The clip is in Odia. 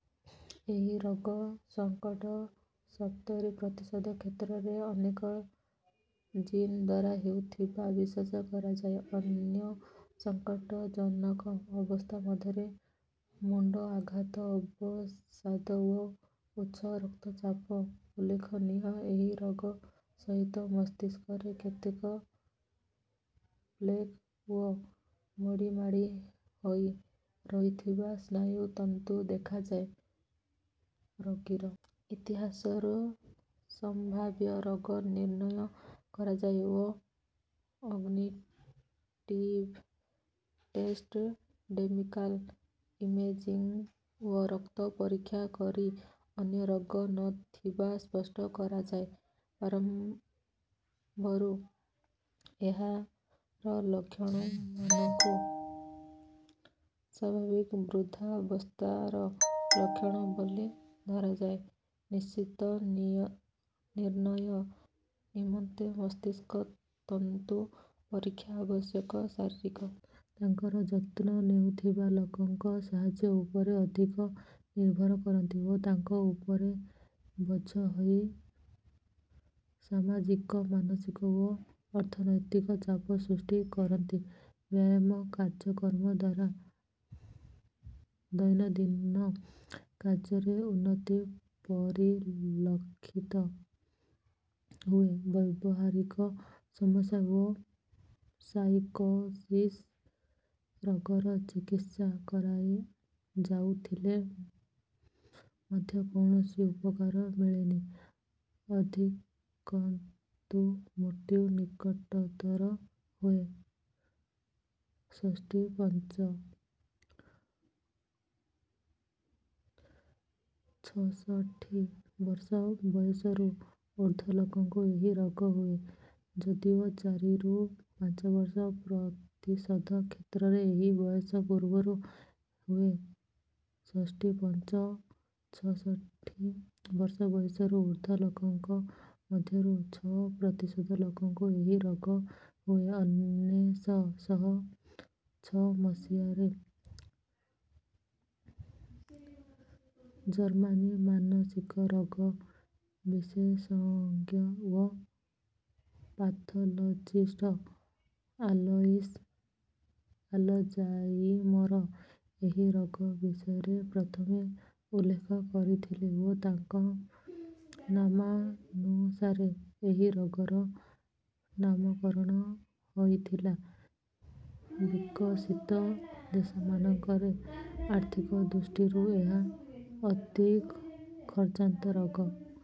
ଏହି ରୋଗ ସଙ୍କଟ ସପ୍ତରୀ ପ୍ରତିଶତ କ୍ଷେତ୍ରରେ ଅନେକ ଜିନ୍‌ ଦ୍ୱାରା ହେଉଥିବା ବିଶ୍ୱାସ କରାଯାଏ। ଅନ୍ୟ ସଙ୍କଟଜନକ ଅବସ୍ଥା ମଧ୍ୟରେ ମୁଣ୍ଡ ଆଘାତ, ଅବସାଦ ଓ ଉଚ୍ଛ ରକ୍ତଚାପ ଉଲ୍ଲେଖନୀୟ। ଏହି ରୋଗ ସହିତ ମସ୍ତିଷ୍କରେ କେତେକ ପ୍ଲେକ୍ ଓ ମୋଡ଼ିମାଡ଼ି ହୋଇ ରହିଥିବା ସ୍ନାୟୁ ତନ୍ତୁ ଦେଖାଯାଏ। ରୋଗୀର ଇତିହାସରୁ ସମ୍ଭାବ୍ୟ ରୋଗ ନିର୍ଣ୍ଣୟ କରାଯାଏ ଓ କଗ୍ନିଟିଭ୍ ଟେଷ୍ଟ, ମେଡିକାଲ ଇମେଜିଙ୍ଗ୍ ଓ ରକ୍ତ ପରୀକ୍ଷା କରି ଅନ୍ୟ ରୋଗ ନ ଥିବା ସ୍ପଷ୍ଟ କରାଯାଏ। ପ୍ରାରମ୍ଭରୁ ଏହାର ଲକ୍ଷଣମାନଙ୍କୁ ସ୍ୱାଭାବିକ ବୃଦ୍ଧାବସ୍ଥାର ଲକ୍ଷଣ ବୋଲି ଧରାଯାଏ। ନିଶ୍ଚିତ ନିର୍ଣ୍ଣୟ ନିମନ୍ତେ ମସ୍ତିଷ୍କ ତନ୍ତୁ ପରୀକ୍ଷା ଆବଶ୍ୟକ। ଶାରୀରିକ ତାଙ୍କର ଯତ୍ନ ନେଉଥିବା ଲୋକଙ୍କ ସାହାଯ୍ୟ ଉପରେ ଅଧିକ ନିର୍ଭର କରନ୍ତି ଓ ତାଙ୍କ ଉପରେ ବୋଝ ହୋଇ ସାମାଜିକ, ମାନସିକ ଓ ଅର୍ଥନୈତିକ ଚାପ ସୃଷ୍ଟି କରନ୍ତି। ବ୍ୟାୟାମ କାର୍ଯ୍ୟକ୍ରମ ଦ୍ୱାରା ଦୈନନ୍ଦିନ କାର୍ଯ୍ୟରେ ଉନ୍ନତି ପରିଲକ୍ଷିତ ହୁଏ। ବ୍ୟବହାରିକ ସମସ୍ୟା ଓ ସାଇକୋସିସ୍ ରୋଗର ଚିକିତ୍ସା କରାଯାଉଥିଲେ ମଧ୍ୟ କୌଣସି ଉପକାର ମିଳେନି, ଅଧିକନ୍ତୁ ମୃତ୍ୟୁ ନିକଟତର ହୁଏ। ଷଷ୍ଠୀପଞ୍ଚ (ଛଷଠି) ବର୍ଷ ବୟସରୁ ଊର୍ଦ୍ଧ୍ୱ ଲୋକଙ୍କୁ ଏହି ରୋଗ ହୁଏ, ଯଦିଓ ଚାରି ରୁ ପାଞ୍ଚ ପ୍ରତିଶତ କ୍ଷେତ୍ରରେ ଏହି ବୟସ ପୂର୍ବରୁ ହୁଏ। ଷଷ୍ଠୀପଞ୍ଚ (ଛଷଠି) ବର୍ଷ ବୟସରୁ ଊର୍ଦ୍ଧ୍ୱ ଲୋକଙ୍କ ମଧ୍ୟରୁ ଛଅ ପ୍ରତିଶତ ଲୋକଙ୍କୁ ଏହି ରୋଗ ହୁଏ। ଅନେଶ ଶହ ଛଅ ମସିହା ରେ ଜର୍ମାନୀ ମାନସିକ ରୋଗ ବିଶେଷଜ୍ଞ ଓ ପାଥୋଲୋଜିଷ୍ଟ ଆଲୋଇସ୍ ଆଲଜାଇମର ଏହି ରୋଗ ବିଷୟରେ ପ୍ରଥମେ ଉଲ୍ଲେଖ କରିଥିଲେ ଓ ତାଙ୍କ ନାମାନୁସାରେ ଏହି ରୋଗର ନାମକରଣ ହୋଇଥିଲା। ବିକଶିତ ଦେଶମାନଙ୍କରେ ଆର୍ଥିକ ଦୃଷ୍ଟିରୁ ଏହା ଅତି ଖର୍ଚ୍ଚାନ୍ତ ରୋଗ।